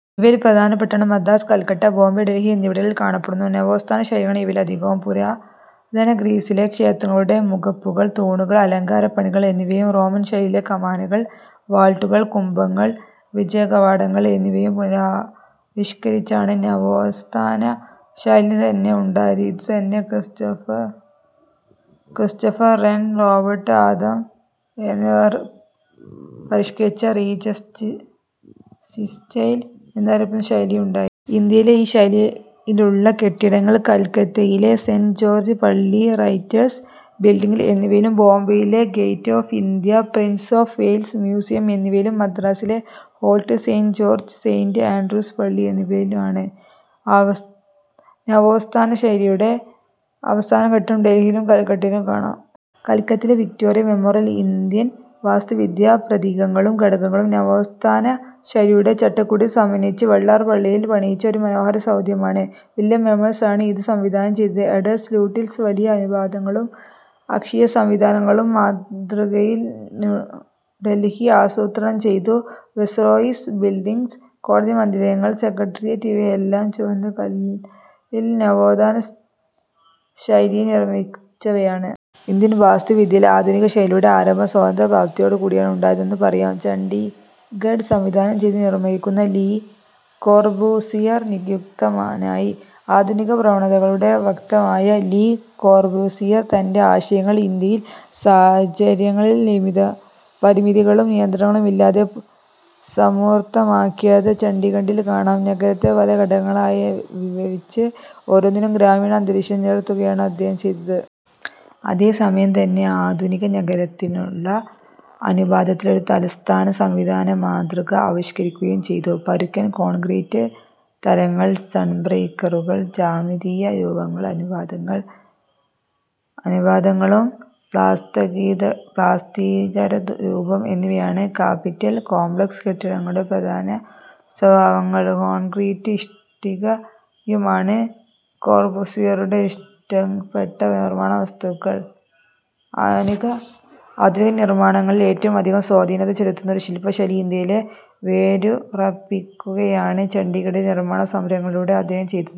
ഇവയിൽ പ്രധാനപ്പെട്ടവ മദ്രാസ്, കൽക്കട്ട, ബോംബെ, ഡൽഹി എന്നിവിടങ്ങളിൽ കാണപ്പെടുന്നു. നവോസ്ഥാന ശൈലിയാണ് ഇവയിലധികവും. പുരാതനഗ്രീസിലെ ക്ഷേത്രങ്ങളുടെ മുഖപ്പുകൾ, തൂണുകൾ, അലങ്കാരപ്പണികൾ എന്നിവയും റോമൻ ശൈലിയിലെ കമാനങ്ങൾ, വാൾട്ടുകൾ, കുംഭകങ്ങൾ, വിജയകവാടങ്ങൾ എന്നിവയും പുനരാവിഷ്കരിച്ചാണ് നവോസ്ഥാന ശൈലിതന്നെ ഉണ്ടായത്. ഇതു തന്നെ ക്രിസ്റ്റോഫർ റെൻ, റോബർട്ട് ആഡം എന്നിവർ പരിഷ്കരിച്ച് റീജൻസിസ്റ്റൈൽസ് എന്നറിയപ്പെടുന്ന ശൈലിയുണ്ടായി. ഇന്ത്യയിൽ ഈ ശൈലിയിലുള്ള കെട്ടിടങ്ങൾ കൽക്കത്തയിലെ സെന്റ് ജോർജ്പള്ളി റൈറ്റേഴ്സ് ബിൽഡിംഗ് എന്നിവയും ബോബെയിലെ gateway of India, Prince of Wales museum എന്നിവയും മദ്രാസിലെ fort Saint George, Saint Andrews പള്ളി എന്നിവയും ആണ്. നവോസ്ഥാനശൈലിയുടെ അവസാനഘട്ടം ഡൽഹിയിലും കൽക്കത്തയിലും കാണാം. കൽക്കത്തയിലെ വിക്റ്റോറിയ മെമ്മോറിയൽ ഇന്ത്യൻ വാസ്തുവിദ്യാ പ്രതീകങ്ങളും ഘടകങ്ങളും നവോസ്ഥാനശൈലിയുടെ ചട്ടക്കൂട്ടിൽ സമന്വയിപ്പിച്ച് വെള്ളമാർബിളിൽ പണിയിച്ച ഒരുമനോഹര സൗധമാണ്. വില്യം എമേഴ്സൺ ആണ് ഇതു സംവിധാനം ചെയ്തത്. എഡ്വേർഡ് ലൂട്ടിൽസ് വലിയ അനുപാതങ്ങളിലും അക്ഷീയസംവിധാന മാതൃകയിലും ന്യൂഡൽഹി ആസൂത്രണം ചെയ്തു വൈസ്രോയീസ് ബിൽഡിംഗ്സ്, കോടതിമന്ദിരങ്ങൾ, സെക്രട്ടേറിയറ്റ് ഇവയെല്ലാം ചുവന്നകല്ലിൽ നവോത്ഥാനശൈലിയിൽ നിർമിച്ചവയാണ്. ഇന്ത്യൻവാസ്തു വിദ്യയിൽ ആധുനികശൈലിയുടെ ആരംഭം സ്വാതന്ത്ര്യ പ്രാപ്തിയോടുകൂടിയാണ് ഉണ്ടായതെന്നു പറയാം. ചണ്ഡിഗഡ് സംവിധാനം ചെയ്തു നിർമ്മിക്കുന്നതിനായി ലീ കോർബൂസിയർ നിയുക്തനായി. ആധുനിക പ്രവണതകളുടെ വക്താവായ ലീ കോർബൂസിയർ തന്റെ ആശയങ്ങൾ ഇന്ത്യയിലെ സാഹചര്യങ്ങളിൽ പരിമിതികളും നിയന്ത്രണങ്ങളുമില്ലാതെ സമൂർത്തമാക്കിയത് ചണ്ഡിഗഡിൽ കാണാം. നഗരത്തെ പല ഘടകങ്ങളായി വിഭജിച്ച് ഓരോന്നിലും ഗ്രാമീണാന്തരീക്ഷം നിലനിർത്തുകയാണ് അദ്ദേഹം ചെയ്തത്. അതേ സമയംതന്നെ ആധുനിക നഗരത്തിനുള്ള അനുപാതത്തിൽ ഒരു തലസ്ഥാന സംവിധാനമാതൃക ആവിഷ്കരിക്കുകയും ചെയ്തു. പരുക്കൻ കോൺക്രീറ്റ് തലങ്ങൾ, സൺബ്രേക്കറുകൾ, ജ്യാമിതീയ രൂപങ്ങളും അനുപാതങ്ങളും, പ്ലാസ്തീകരരൂപം എന്നിവയാണ് കാപ്പിറ്റൽ കോംപ്ലക്സ് കെട്ടിടങ്ങളുടെ പ്രധാന സ്വഭാവങ്ങൾ. കോൺക്രീറ്റും ഇഷ്ടികയുമാണ് കോർബുസിയറുടെ ഇഷ്ടപ്പെട്ട നിർമ്മാണ വസ്തുക്കൾ. ആധുനിക നിർമ്മാണങ്ങളിൽ ഏറ്റവും അധികം സ്വാധീനത ചെലുത്തുന്ന ഒരു ശില്പശൈലി ഇന്ത്യയിൽ വേരുറപ്പിക്കുകയാണ് ചണ്ഡിഗഡിലെ നിർമ്മാണ സംരംഭങ്ങളിലൂടെ അദ്ദേഹം ചെയ്തത്.